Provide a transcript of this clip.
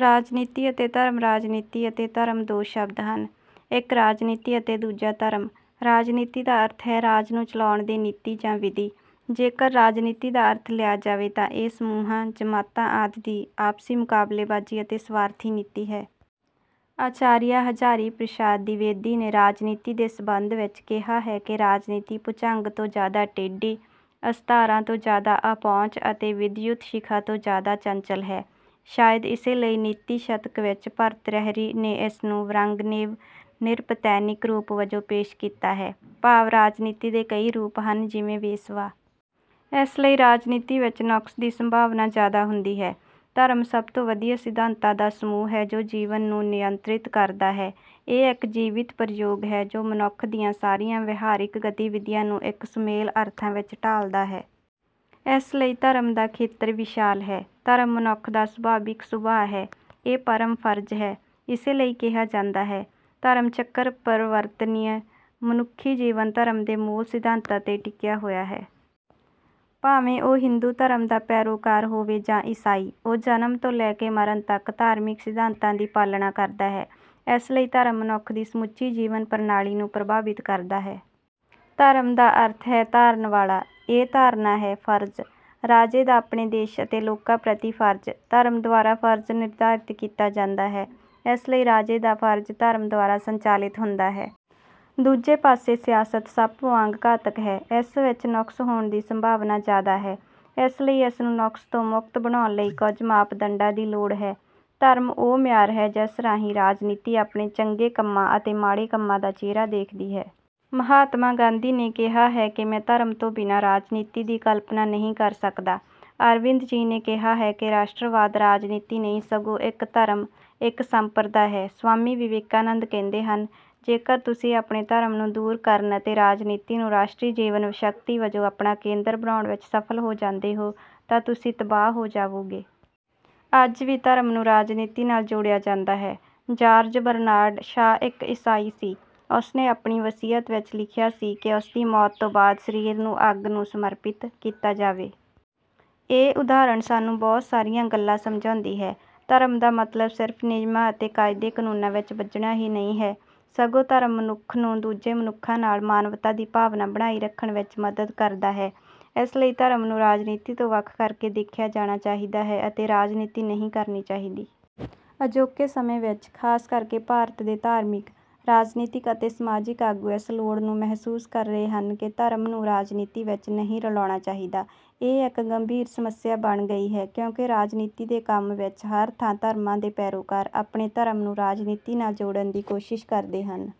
ਰਾਜਨੀਤੀ ਅਤੇ ਧਰਮ ਰਾਜਨੀਤੀ ਅਤੇ ਧਰਮ ਦੋ ਸ਼ਬਦ ਹਨ। ਇੱਕ ਰਾਜਨੀਤੀ ਅਤੇ ਦੂਜਾ ਧਰਮ। ਰਾਜਨੀਤੀ ਦਾ ਅਰਥ ਹੈ ਰਾਜ ਨੂੰ ਚਲਾਉਣ ਦੀ ਨੀਤੀ ਜਾਂ ਵਿਧੀ। ਜੇਕਰ ਰਾਜਨੀਤੀ ਦਾ ਅਰਥ ਲਿਆ ਜਾਵੇ ਤਾਂ ਇਹ ਸਮੂਹਾਂ, ਜਮਾਤਾਂ ਆਦਿ ਦੀ ਆਪਸੀ ਮੁਕਾਬਲੇਬਾਜ਼ੀ ਅਤੇ ਸਵਾਰਥੀ ਨੀਤੀ ਹੈ। ਆਚਾਰੀਆ ਹਜ਼ਾਰੀ ਪ੍ਰਸਾਦ ਦਿਵੇਦੀ ਨੇ ਰਾਜਨੀਤੀ ਦੇ ਸਬੰਧ ਵਿਚ ਕਿਹਾ ਹੈ ਕਿ ਰਾਜਨੀਤੀ ਭੁਜੰਗ ਤੋਂ ਜ਼ਿਆਦਾ ਟੇਢੀ, ਅਸਧਾਰਾ ਤੋਂ ਜ਼ਿਆਦਾ ਅਪਹੁੰਚ ਅਤੇ ਵਿਦਯੁਤ ਸ਼ਿਖਾ ਤੋਂ ਜ਼ਿਆਦਾ ਚੰਚਲ ਹੈ। ਸ਼ਾਇਦ ਇਸੇ ਲਈ ਨੀਤੀ ਸ਼ਤਕ ਵਿਚ ਭਰਤਰਿਹਰੀ ਨੇ ਇਸ ਨੂੰ 'ਵਰੰਗਨੇਵ ਨ੍ਰਿਪਤੇਨਿਕ ਰੂਪ' ਵਜੋਂ ਪੇਸ਼ ਕੀਤਾ ਹੈ, ਭਾਵ ਰਾਜਨੀਤੀ ਦੇ ਕਈ ਰੂਪ ਹਨ ਜਿਵੇਂ ਵੇਸਵਾ। ਇਸ ਲਈ ਰਾਜਨੀਤੀ ਵਿੱਚ ਨੁਕਸ ਦੀ ਸੰਭਾਵਨਾ ਜ਼ਿਆਦਾ ਹੁੰਦੀ ਹੈ। ਧਰਮ ਸਭ ਤੋਂ ਵਧੀਆ ਸਿਧਾਂਤਾਂ ਦਾ ਸਮੂਹ ਹੈ ਜੋ ਜੀਵਨ ਨੂੰ ਨਿਯੰਤਰਿਤ ਕਰਦਾ ਹੈ। ਇਹ ਇੱਕ ਜੀਵਤ ਪ੍ਰਯੋਗ ਹੈ ਜੋ ਮਨੁੱਖ ਦੀਆਂ ਸਾਰੀਆਂ ਵਿਹਾਰਕ ਗਤੀਵਿਧੀਆਂ ਨੂੰ ਇੱਕ ਸੁਮੇਲ ਅਰਥਾਂ ਵਿੱਚ ਢਾਲਦਾ ਹੈ। ਇਸ ਲਈ ਧਰਮ ਦਾ ਖੇਤਰ ਵਿਸ਼ਾਲ ਹੈ। ਧਰਮ ਮਨੁੱਖ ਦਾ ਸੁਭਾਵਿਕ ਸੁਭਾਅ ਹੈ। ਇਹ ਪਰਮ ਫਰਜ਼ ਹੈ। ਇਸੇ ਲਈ ਕਿਹਾ ਜਾਂਦਾ ਹੈ, 'ਧਰਮਚਕ੍ਰ ਪ੍ਰਵਰ੍ਤਨਯ'। ਮਨੁੱਖੀ ਜੀਵਨ ਧਰਮ ਦੇ ਮੂਲ ਸਿਧਾਂਤਾਂ 'ਤੇ ਟਿਕਿਆ ਹੋਇਆ ਹੈ। ਭਾਵੇਂ ਉਹ ਹਿੰਦੂ ਧਰਮ ਦਾ ਪੈਰੋਕਾਰ ਹੋਵੇ ਜਾਂ ਈਸਾਈ। ਉਹ ਜਨਮ ਤੋਂ ਲੈ ਕੇ ਮਰਨ ਤੱਕ ਧਾਰਮਿਕ ਸਿਧਾਂਤਾਂ ਦੀ ਪਾਲਣਾ ਕਰਦਾ ਹੈ। ਇਸ ਲਈ ਧਰਮ ਮਨੁੱਖ ਦੀ ਸਮੁੱਚੀ ਜੀਵਨ ਪ੍ਰਣਾਲੀ ਨੂੰ ਪ੍ਰਭਾਵਿਤ ਕਰਦਾ ਹੈ। ਧਰਮ ਦਾ ਅਰਥ ਹੈ ਧਾਰਨ ਵਾਲਾ। ਇਹ ਧਾਰਨਾ ਹੈ; ਫਰਜ਼, ਰਾਜੇ ਦਾ ਆਪਣੇ ਦੇਸ਼ ਅਤੇ ਲੋਕਾਂ ਪ੍ਰਤੀ ਫਰਜ਼। ਧਰਮ ਦੁਆਰਾ ਫਰਜ਼ ਨਿਰਧਾਰਤ ਕੀਤਾ ਜਾਂਦਾ ਹੈ। ਇਸ ਲਈ ਰਾਜੇ ਦਾ ਫਰਜ਼ ਧਰਮ ਦੁਆਰਾ ਸੰਚਾਲਿਤ ਹੁੰਦਾ ਹੈ। ਦੂਜੇ ਪਾਸੇ ਸਿਆਸਤ ਸੱਪ ਵਾਂਗ ਘਾਤਕ ਹੈ। ਇਸ ਵਿੱਚ ਨੁਕਸ ਹੋਣ ਦੀ ਸੰਭਾਵਨਾ ਜ਼ਿਆਦਾ ਹੈ, ਇਸ ਲਈ ਇਸ ਨੂੰ ਨੁਕਸ ਤੋਂ ਮੁਕਤ ਬਣਾਉਣ ਲਈ ਕੁਝ ਮਾਪਦੰਡਾਂ ਦੀ ਲੋੜ ਹੈ। ਧਰਮ ਉਹ ਮਿਆਰ ਹੈ ਜਿਸ ਰਾਹੀਂ ਰਾਜਨੀਤੀ ਆਪਣੇ ਚੰਗੇ ਕੰਮਾਂ ਅਤੇ ਮਾੜੇ ਕੰਮਾਂ ਦਾ ਚਿਹਰਾ ਦੇਖਦੀ ਹੈ। ਮਹਾਤਮਾ ਗਾਂਧੀ ਨੇ ਕਿਹਾ ਹੈ ਕਿ ਮੈਂ ਧਰਮ ਤੋਂ ਬਿਨਾਂ ਰਾਜਨੀਤੀ ਦੀ ਕਲਪਨਾ ਨਹੀਂ ਕਰ ਸਕਦਾ। ਅਰਵਿੰਦ ਜੀ ਨੇ ਕਿਹਾ ਹੈ ਕਿ ਰਾਸ਼ਟਰਵਾਦ ਰਾਜਨੀਤੀ ਨਹੀਂ ਸਗੋਂ ਇੱਕ ਧਰਮ, ਇੱਕ ਸੰਪਰਦਾ ਹੈ। ਸਵਾਮੀ ਵਿਵੇਕਾਨੰਦ ਕਹਿੰਦੇ ਹਨ, "ਜੇਕਰ ਤੁਸੀਂ ਆਪਣੇ ਧਰਮ ਨੂੰ ਦੂਰ ਕਰਨ ਅਤੇ ਰਾਜਨੀਤੀ ਨੂੰ ਰਾਸ਼ਟਰੀ ਜੀਵਨ ਸ਼ਕਤੀ ਵਜੋਂ ਆਪਣਾ ਕੇਂਦਰ ਬਣਾਉਣ ਵਿੱਚ ਸਫਲ ਹੋ ਜਾਂਦੇ ਹੋ, ਤਾਂ ਤੁਸੀਂ ਤਬਾਹ ਹੋ ਜਾਵੋਗੇ। " ਅੱਜ ਵੀ ਧਰਮ ਨੂੰ ਰਾਜਨੀਤੀ ਨਾਲ ਜੋੜਿਆ ਜਾਂਦਾ ਹੈ। ਜਾਰਜ ਬਰਨਾਰਡ ਸ਼ਾਅ ਇੱਕ ਈਸਾਈ ਸੀ, ਉਸਨੇ ਆਪਣੀ ਵਸੀਅਤ ਵਿੱਚ ਲਿਖਿਆ ਸੀ ਕਿ ਉਸਦੀ ਮੌਤ ਤੋਂ ਬਾਅਦ ਸਰੀਰ ਨੂੰ ਅੱਗ ਨੂੰ ਸਮਰਪਿਤ ਕੀਤਾ ਜਾਵੇ। ਇਹ ਉਦਾਹਰਣ ਸਾਨੂੰ ਬਹੁਤ ਸਾਰੀਆਂ ਗੱਲਾਂ ਸਮਝਾਉਂਦੀ ਹੈ। ਧਰਮ ਦਾ ਮਤਲਬ ਸਿਰਫ਼ ਨਿਯਮਾਂ ਅਤੇ ਕਾਇਦੇ-ਕਾਨੂੰਨਾਂ ਵਿੱਚ ਬੱਝਣਾ ਹੀ ਨਹੀਂ ਹੈ, ਸਗੋਂ ਧਰਮ ਮਨੁੱਖ ਨੂੰ ਦੂਜੇ ਮਨੁੱਖਾਂ ਨਾਲ ਮਾਨਵਤਾ ਦੀ ਭਾਵਨਾ ਬਣਾਈ ਰੱਖਣ ਵਿੱਚ ਮਦਦ ਕਰਦਾ ਹੈ, ਇਸ ਲਈ ਧਰਮ ਨੂੰ ਰਾਜਨੀਤੀ ਤੋਂ ਵੱਖ ਕਰਕੇ ਦੇਖਿਆ ਜਾਣਾ ਚਾਹੀਦਾ ਹੈ ਅਤੇ ਰਾਜਨੀਤੀ ਨਹੀਂ ਕਰਨੀ ਚਾਹੀਦੀ। ਅਜੋਕੇ ਸਮੇਂ ਵਿੱਚ, ਖਾਸ ਕਰਕੇ ਭਾਰਤ ਦੇ ਧਾਰਮਿਕ, ਰਾਜਨੀਤਿਕ ਅਤੇ ਸਮਾਜਿਕ ਆਗੂ ਇਸ ਲੋੜ ਨੂੰ ਮਹਿਸੂਸ ਕਰ ਰਹੇ ਹਨ ਕਿ ਧਰਮ ਨੂੰ ਰਾਜਨੀਤੀ ਵਿੱਚ ਨਹੀਂ ਰਲਾਉਣਾ ਚਾਹੀਦਾ। ਇਹ ਇੱਕ ਗੰਭੀਰ ਸਮੱਸਿਆ ਬਣ ਗਈ ਹੈ ਕਿਉਂਕਿ ਰਾਜਨੀਤੀ ਦੇ ਕੰਮ ਵਿੱਚ ਹਰ ਥਾਂ ਧਰਮਾਂ ਦੇ ਪੈਰੋਕਾਰ ਆਪਣੇ ਧਰਮ ਨੂੰ ਰਾਜਨੀਤੀ ਨਾਲ ਜੋੜਨ ਦੀ ਕੋਸ਼ਿਸ਼ ਕਰਦੇ ਹਨ।